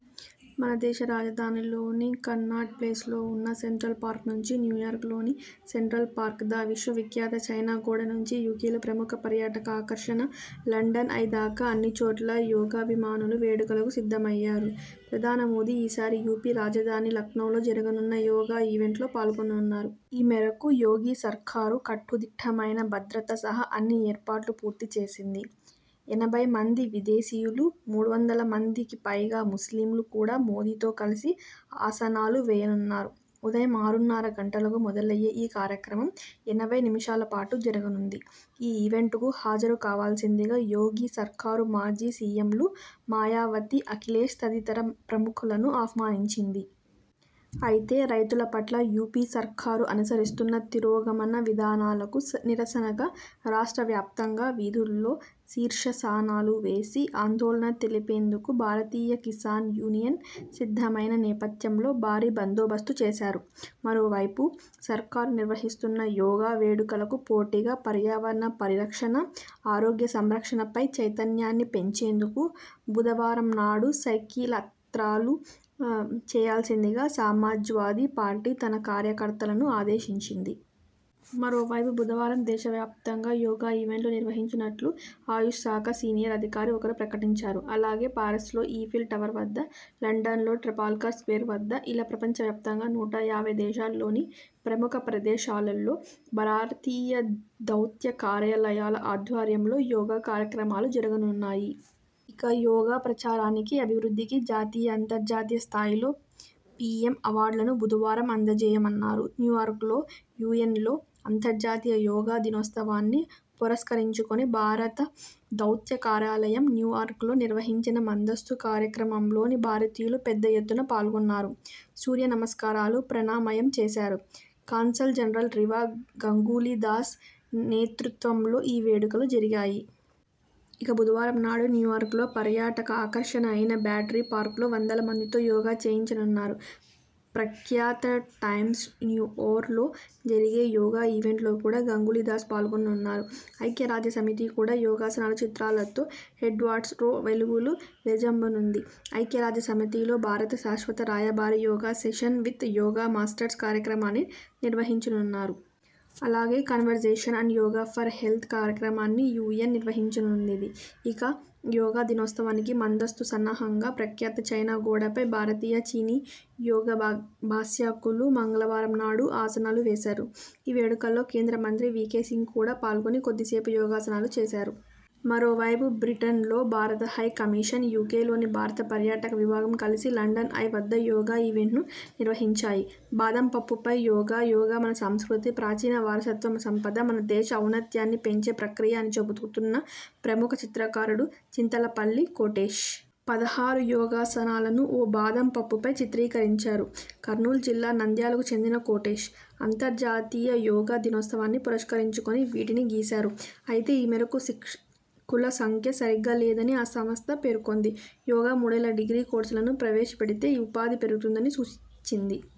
మన దేశ రాజధానిలోని కన్నాట్ప్లేస్లో ఉన్న సెంట్రల్ పార్క్ నుంచి న్యూయార్క్లోని సెంట్రల్ పార్క్దా విశ్వవిఖ్యాత చైనా గోడ నుంచి యూకేలో ప్రముఖ పర్యాటక ఆకర్షణ 'లండన్ ఐ' దాకా అన్ని చోట్ల యోగాభిమానులు వేడుకలకు సిద్ధమయ్యారు. ప్రధాని మోదీ ఈసారి యూపీ రాజధాని లఖ్నవ్లో జరగనున్న యోగా ఈవెంట్లో పాల్గొననున్నారు. ఈ మేరకు యోగి సర్కారు కట్టుదిట్టమైన భద్రత సహా అన్ని ఏర్పాట్లూ పూర్తిచేసింది. ఎనబై మంది విదేశీయులు, మూడువందల మందికిపైగా ముస్లింలు కూడా మోదీతో కలిసి ఆసనాలు వేయనున్నారు. ఉదయం ఆరున్నర గంటలకు మొదలయ్యే ఈ కార్యక్రమం ఎనబై నిమిషాలపాటు జరగనుంది. ఈ ఈవెంట్కు హాజరు కావాల్సిందిగా యోగి సర్కారు మాజీ సీఎంలు మాయావతి, అఖిలేశ్ తదితర ప్రముఖులను ఆహ్వానించింది. అయితే.. రైతుల పట్ల యూపీ సర్కారు అనుసరిస్తున్న తిరోగమన విధానాలకు నిరసనగా రాష్ట్రవ్యాప్తంగా వీధుల్లో శీర్షాసనాలు వేసి ఆందోళన తెలిపేందుకు భారతీయ కిసాన్ యూనియన్ సిద్ధమైన నేపథ్యంలో భారీ బందోబస్తు చేశారు. మరోవైపు.. సర్కారు నిర్వహిస్తున్న యోగా వేడుకలకు పోటీగా పర్యావరణ పరిరక్షణ, ఆరోగ్య సంరక్షణపై చైతన్యాన్ని పెంచేందుకు బుధవారంనాడు సైకిల్యాత్రలు చేయాల్సిందిగా సమాజ్వాదీ పార్టీ తన కార్యకర్తలను ఆదేశించింది. మరోవైపు.. బుధవారం దేశవ్యాప్తంగా యోగా ఈవెంట్లు నిర్వహించనున్నట్లు ఆయుష్ శాఖ సీనియర్ అధికారి ఒకరు ప్రకటించారు. అలాగే.. పారిస్లో ఈఫిల్ టవర్ వద్ద, లండన్లో ట్రెఫాల్గర్ స్క్వేర్ వద్ద.. ఇలా ప్రపంచవ్యాప్తంగా నూటయాబై దేశాల్లోని ప్రముఖ ప్రదేశాలల్లో భారతీయ దౌత్యకార్యాలయాల ఆధ్వర్యంలో యోగా కార్యక్రమాలు జరగనున్నాయి. ఇక.. యోగా ప్రచారానికి, అభివృద్ధికి జాతీయ, అంతర్జాతీయ స్థాయిలో పీఎం అవార్డులను బుధవారం అందజేయమన్నారు. న్యూయార్క్లో.. యూఎన్లో.. అంతర్జాతీయ యోగా దినోత్సవాన్ని పురస్కరించుకుని భారత దౌత్య కార్యాలయం న్యూయార్క్లో నిర్వహించిన మందస్తు కార్యక్రమంలోని భారతీయులు పెద్ద ఎత్తున పాల్గొన్నారు. సూర్యనమస్కారాలు, ప్రాణామయం చేశారు. కాన్సల్ జనరల్ రివా గంగూలీ దాస్ నేతృత్వంలో ఈ వేడుకలు జరిగాయి. ఇక బుధవారంనాడు న్యూయార్క్లో పర్యాటక ఆకర్షణ అయిన బ్యాటరీ పార్క్లో వందలమందితో యోగా చేయించనున్నారు. ప్రఖ్యాత టైమ్స్స్క్వేర్లో జరిగే యోగా ఈవెంట్లో కూడా గంగూలీ దాస్ పాల్గొననున్నారు. ఐక్యరాజ్యసమితి కూడా యోగాసనాల చిత్రాలతో హెడ్వర్ట్స్ల వెలుగులు విరజిమ్మనుంది. ఐక్యరాజ్యసమితిలో భారత శాశ్వత రాయబారి 'yoga session with yoga masters' కార్యక్రమాన్ని నిర్వహించనున్నారు. అలాగే.. 'conversation on yoga for health' కార్యక్రమాన్ని యూఎన్ నిర్వహించనుంది. ఇక.. యోగా దినోత్సవానికి మందస్తు సన్నాహకంగా ప్రఖ్యాత చైనా గోడపై భారతీయ, చీనీ యోగాభ్యాసకులు మంగళవారంనాడు ఆసనాలు వేశారు. ఈ వేడుకల్లో.. కేంద్ర మంత్రి వీకే సింగ్ కూడా పాల్గొని కొద్దిసేపు యోగాసనాలు చేశారు. మరోవైపు.. బ్రిటన్లో భారత్ హై కమిషన్, యూకేలోని భారత పర్యాటక విభాగం కలిసి లండన్ ఐ వద్ద యోగా ఈవెంట్ను నిర్వహించాయి. బాదం పప్పుపై యోగా! యోగా మన సంస్కృతి. ప్రాచీన వారసత్వం సంపద. మన దేశ ఔన్నత్యాన్ని పెంచే ప్రక్రియ అని చెబుతున్న ప్రముఖ చిత్రకారుడు చింతలపల్లి కోటేశ్.. పదహరు యోగాసనాలను ఓ బాదం పప్పుపై చిత్రీకరించారు. కర్నూలు జిల్లా నంద్యాలకు చెందిన కోటేశ్.. అంతర్జాతీయ యోగా దినోత్సవాన్ని పురస్కరించుకుని వీటిని గీశారు. అయితే ఈ మేరకు శిక్షకుల సంఖ్య సరిగ్గా లేదని ఆ సంస్థ పేర్కొంది. యోగా మూడేళ్ల డిగ్రీ కోర్సులను ప్రవేశపెడితే ఉపాధి పెరుగుతుందని సూచించింది.